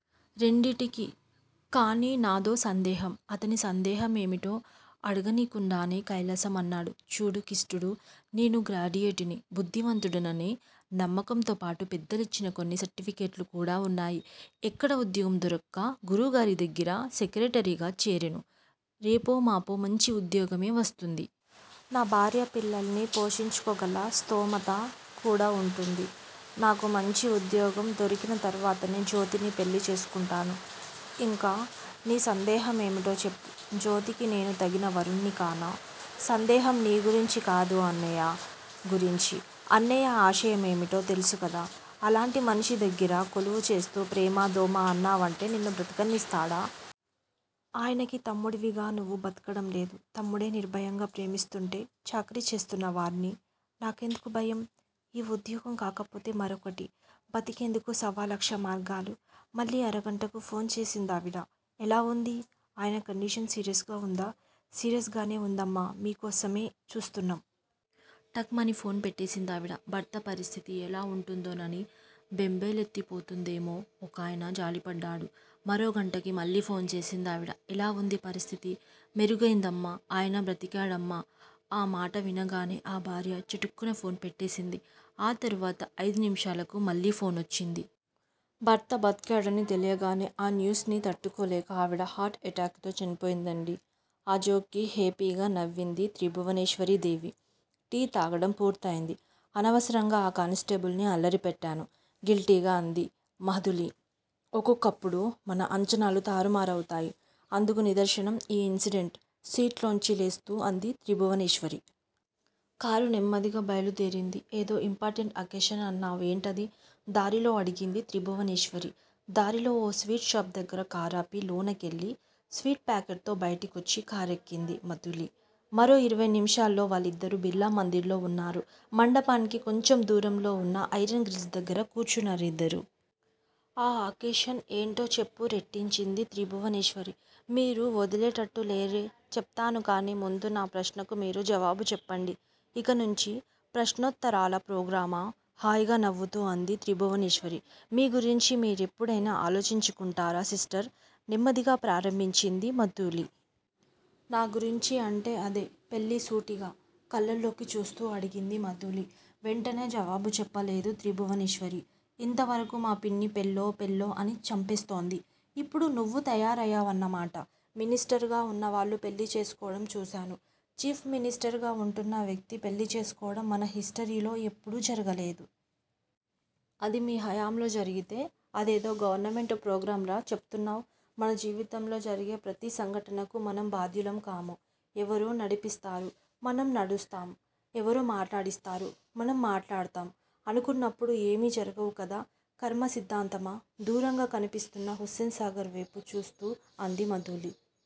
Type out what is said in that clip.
రెండింటికీ! కానీ నాదో సందేహం! అతని సందేహ మేమిటో అడగనీకుండానే కైలాసం అన్నాడు- చూడు కిష్టుడూ! నేను గ్రాడ్యుయేట్ ని, బుద్ధిమంతుడిననే నమ్మకంతోపాటు పెద్దలిచ్చిన కొన్ని సర్టిఫికెట్లు కూడా ఉన్నాయి. ఎక్కడా ఉద్యోగం దొరక్క గురువుగారిదగ్గిర సెక్రటరీగా చేరేను. రేపో మాపో మంచి ఉద్యోగమే వస్తుంది. నా భార్యాపిల్లల్ని పోషించుకోగల స్థోమత కూడా ఉంటుంది. నాకు మంచి ఉద్యోగం దొరికినతర్వాతనే జ్యోతిని పెళ్ళిచేసుకుంటాను. ఇంకా నీ సందేహమేమిటో చెప్పు? జ్యోతికి నేను తగిన వరుడ్ని కానా? సందేహం నీ గురించి కాదు-అన్నయ్య గురించి. అన్నయ్య ఆశయమేమిటో తెలుసుగదా! అలాంటి మనిషి దగ్గిర కొలువుచేస్తూ, ప్రేమా-దోమా అన్నావంటే నిన్ను బతకనిస్తాడా? ఆయనకి తమ్ముడివిగా నువ్వు బతకడంలేదూ? తమ్ముడే నిర్భయంగా ప్రేమిస్తుంటే-చాకిరీ చేస్తున్నవాడ్ని నాకెందుకు భయం? ఈ ఉద్యోగం కాకపోతే మరొకటి? బతికేందుకు సవాలక్ష మార్గాలు! మళ్ళీ అరగంటకు ఫోన్ చేసిందావిడ. ఎలా ఉంది ఆయన కండిషన్ సీరియస్ గా ఉందా సీరియస్ గానే ఉందమ్మా మీకోసమే చూస్తున్నాం. టక్ మని ఫోన్ పెట్టేసిందావిడ. భర్త పరిస్థితి ఎలా ఉంటుందోనని బెంబేలెత్తిపోతోందేమో ఒకాయన జాలిపడ్డాడు. మరో గంటకి మళ్ళీ ఫోన్ చేసిందావిడ. ఎలా ఉంది పరిస్థితి మెరుగైందమ్మా ఆయన బ్రతికాడమ్మా. ఆ మాట వినగానే ఆ భార్య చటుక్కున ఫోన్ పెట్టేసింది. ఆ తర్వాత ఐదు నిమిషాలకు మళ్ళీ ఫోనొచ్చింది. భర్త బతికాడని తెలియగానే ఆ న్యూస్ ని తట్టుకోలేక ఆవిడ హార్టు ఎటాక్ తో చనిపోయిందండి. ఆ జోక్ కి హేపీగా నవ్వింది త్రిభువనేశ్వరీదేవి. టీ తాగడం పూర్తయింది. అనవసరంగా ఆ కానిస్టేబుల్ని అల్లరి పెట్టాను గిల్టీగా అంది మధూలి. ఒక్కొక్కప్పుడు మన అంచనాలు తారుమారవుతాయి అందుకు నిదర్శనం ఈ ఇన్సిడెంట్ సీట్లోంచి లేస్తూ అంది త్రిభువనేశ్వరి. కారు నెమ్మదిగా బయలుదేరింది. ఏదో ఇంపార్టెంట్ అకేషన్ అన్నావ్ ఏంటది దారిలో అడిగింది త్రిభువనేశ్వరి. దారిలో ఓ స్వీట్ షాపు దగ్గర కారాపి లోనకెళ్ళి స్వీట్ పాకెట్ తో బయటికొచ్చి కారెక్కింది మధూలి. మరో ఇరవయ్ నిమిషాల్లో వాళ్ళిద్దరూ బిర్లామందిర్ లో ఉన్నారు. మండపానికి కొంచెం దూరంలో ఉన్న ఐరెన్ గ్రిల్స్ దగ్గర కూర్చున్నా రిద్దరు. ఆ అకేషన్ ఏంటో చెప్పు రెట్టించింది త్రిభువనేశ్వరి. మీరు వదిలేటట్టు లేరే! చెప్తాను కానీ ముందు నా ప్రశ్నకు మీరు జవాబు చెప్పండి. ఇక నుంచీ ప్రశ్నోత్తరాల ప్రోగ్రామా హాయిగా నవ్వుతూ అంది త్రిభువనేశ్వరి. మీ గురించి మీరెప్పుడైనా ఆలోచించుకుంటారా సిస్టర్ నెమ్మదిగా ప్రారంభించింది మధూలి. నా గురించి అంటే అదే పెళ్ళి సూటిగా కళ్ళల్లోకి చూస్తూ అడిగింది మధూలి. వెంటనే జవాబు చెప్పలేదు త్రిభువనేశ్వరి. ఇంతవరకూ మా పిన్ని పెళ్ళో పెళ్ళో అని చంపేస్తోంది. ఇప్పుడు నువ్వు తయారయావన్న మాట. మినిస్టరుగా ఉన్నవాళ్ళు పెళ్ళి చేసుకోవడం చూసాను. చీఫ్ మినిస్టర్ గా ఉంటున్న వ్యక్తి పెళ్ళి చేసుకోవడం మన హిస్టరీలో ఎప్పుడూ జరగలేదు. అది మీ హయాంలో జరిగితే. అదేదో గవర్నమెంట్ ప్రోగ్రామ్ లా చెపుతున్నావ్-మన జీవితంలో జరిగే ప్రతి సంఘటనకూ మనం బాధ్యులం కాము. ఎవరో నడిపిస్తారు- మనం నడుస్తాం. ఎవరో మాట్లాడిస్తారు- మనం మాట్లాడతాం అనుకున్నప్పుడు ఏమీ జరగవు కదా. కర్మ సిద్దాంతమా దూరంగా కన్పిస్తున్న హుసేన్ సాగర్ వేపు చూస్తూ అంది మధూలి.